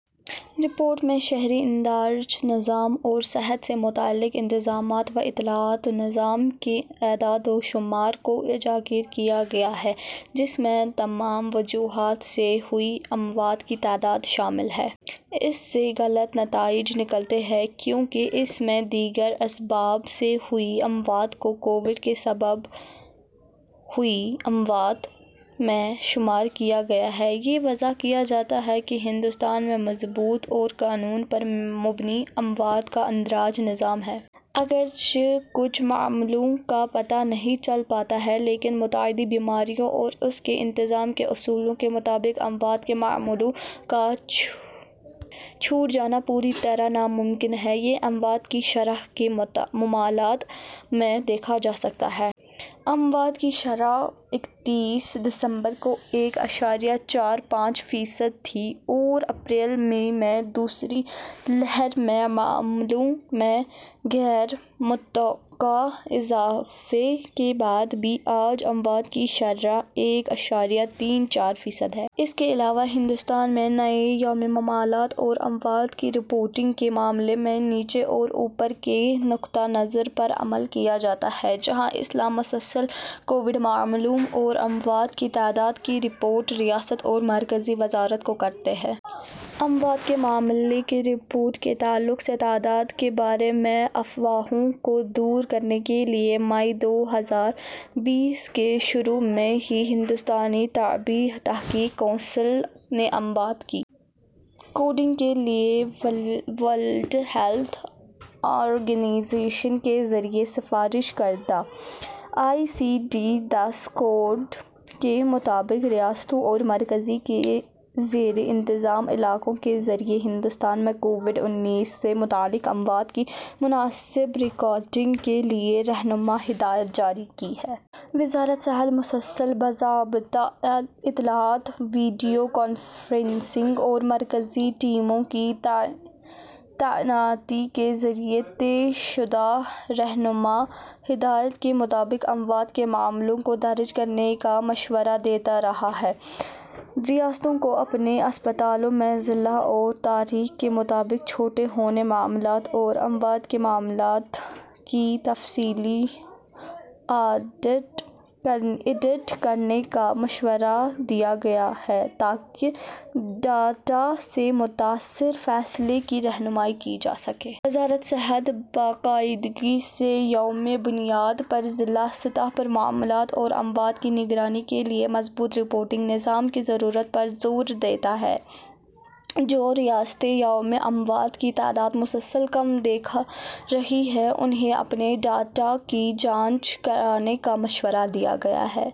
Report میں شہری اندراج نظام اور صحت سے متعلق انتظامات و اطلاعاتی نظام کے اعداد و شمار کو اجاگر کیا گیا ہے جس میں تمام وجوہات سے ہوئی اموات کی تعداد شامل ہے۔ اس سے غلط نتائج نکلتے ہیں کیونکہ اس میں دیگر اسباب سے ہوئی اموات کو کووڈ کے سبب ہوئی اموات میں شمار کیا گیا ہے۔ یہ واضح کیا جاتا ہے کہ ہندوستان میں مضبوط اور قانون پر مبنی اموات کا اندراج نظام ہے۔ اگرچہ کچھ معاملوں کا پتہ نہیں چل پاتا ہے لیکن متعدی بیماریوں اور اس کے انتظام کے اصولوں کے مطابق اموات کے معاملوں کا چھوٹ جانا پوری طرح ناممکن ہے۔ یہ اموات کی شرح کے معاملات میں دیکھا جا سکتا ہے۔ اموات کی شرح اکتیس دسمبر کو ایک اشاریہ چار پانچ فیصد تھی اور اپریل مئی میں دوسری لہر میں معاملوں میں غیر متوقع اضافے کے بعد بھی آج اموات کی شرح ایک اشاریہ تین چار فیصد ہے۔ اس کے علاوہ ہندوستان میں نئے یومیہ معاملات اور اموات کی رپورٹنگ کے معاملے میں نیچے سے اوپر کے نقطہ نظر پر عمل کیا جاتا ہے جہاں اضلاع مسلسل کووڈ معاملوں اور اموات کی تعداد کی رپورٹ ریاست اور مرکزی وزارت کو کرتے ہیں۔ اموات کے معاملے کی رپورٹ کے تعلق سے تعداد کے بارے میں افواہوں کو دور کرنے کے لیے مئی دو ہزار بیس کے شروع میں ہی ہندوستانی طبی تحقیق کونسل نے اموات کی کوڈنگ کے لیے ورلڈ ہیلتھ آرگنائزیشن کے ذریعہ سفارش کردہ آئی سی ڈی دس کوڈ کے مطابق ریاستوں اور مرکز کے زیر انتظام علاقوں کے ذریعہ ہندوستان میں کووڈ انیس سے متعلق اموات کی مناسب ریکارڈنگ کے لیے رہنما ہدایات جاری کی ہیں۔ وزارت صحت مسلسل باضابطہ اطلاعات ویڈیو کانفرنسنگ اور مرکزی ٹیموں کی تعیناتی کے ذریعہ طے شدہ رہنما ہدایات کے مطابق اموات کے معاملوں کو درج کرنے کا مشورہ دیتا رہا ہے۔ ریاستوں کو اپنے اسپتالوں میں ضلع اور تاریخ کے مطابق چھوٹے ہوئے معاملات اور اموات کے معاملات کی تفصیلی آڈٹ کرانے کا مشورہ دیا گیا ہے تاکہ ڈاٹا سے متاثر فیصلے کی رہنمائی کی جا سکے۔ وزارت صحت باقاعدگی سے یومیہ بنیاد پر ضلع سطح پر معاملات اور اموات کی نگرانی کے لیے مضبوط رپورٹنگ نظام کی ضرورت پر زور دیتا رہا ہے۔ جو ریاستیں یومیہ اموات کی تعداد مسلسل کم دکھا رہی ہیں انہیں اپنے ڈاٹا کی جانچ کرانے کا مشورہ دیا گیا ہے۔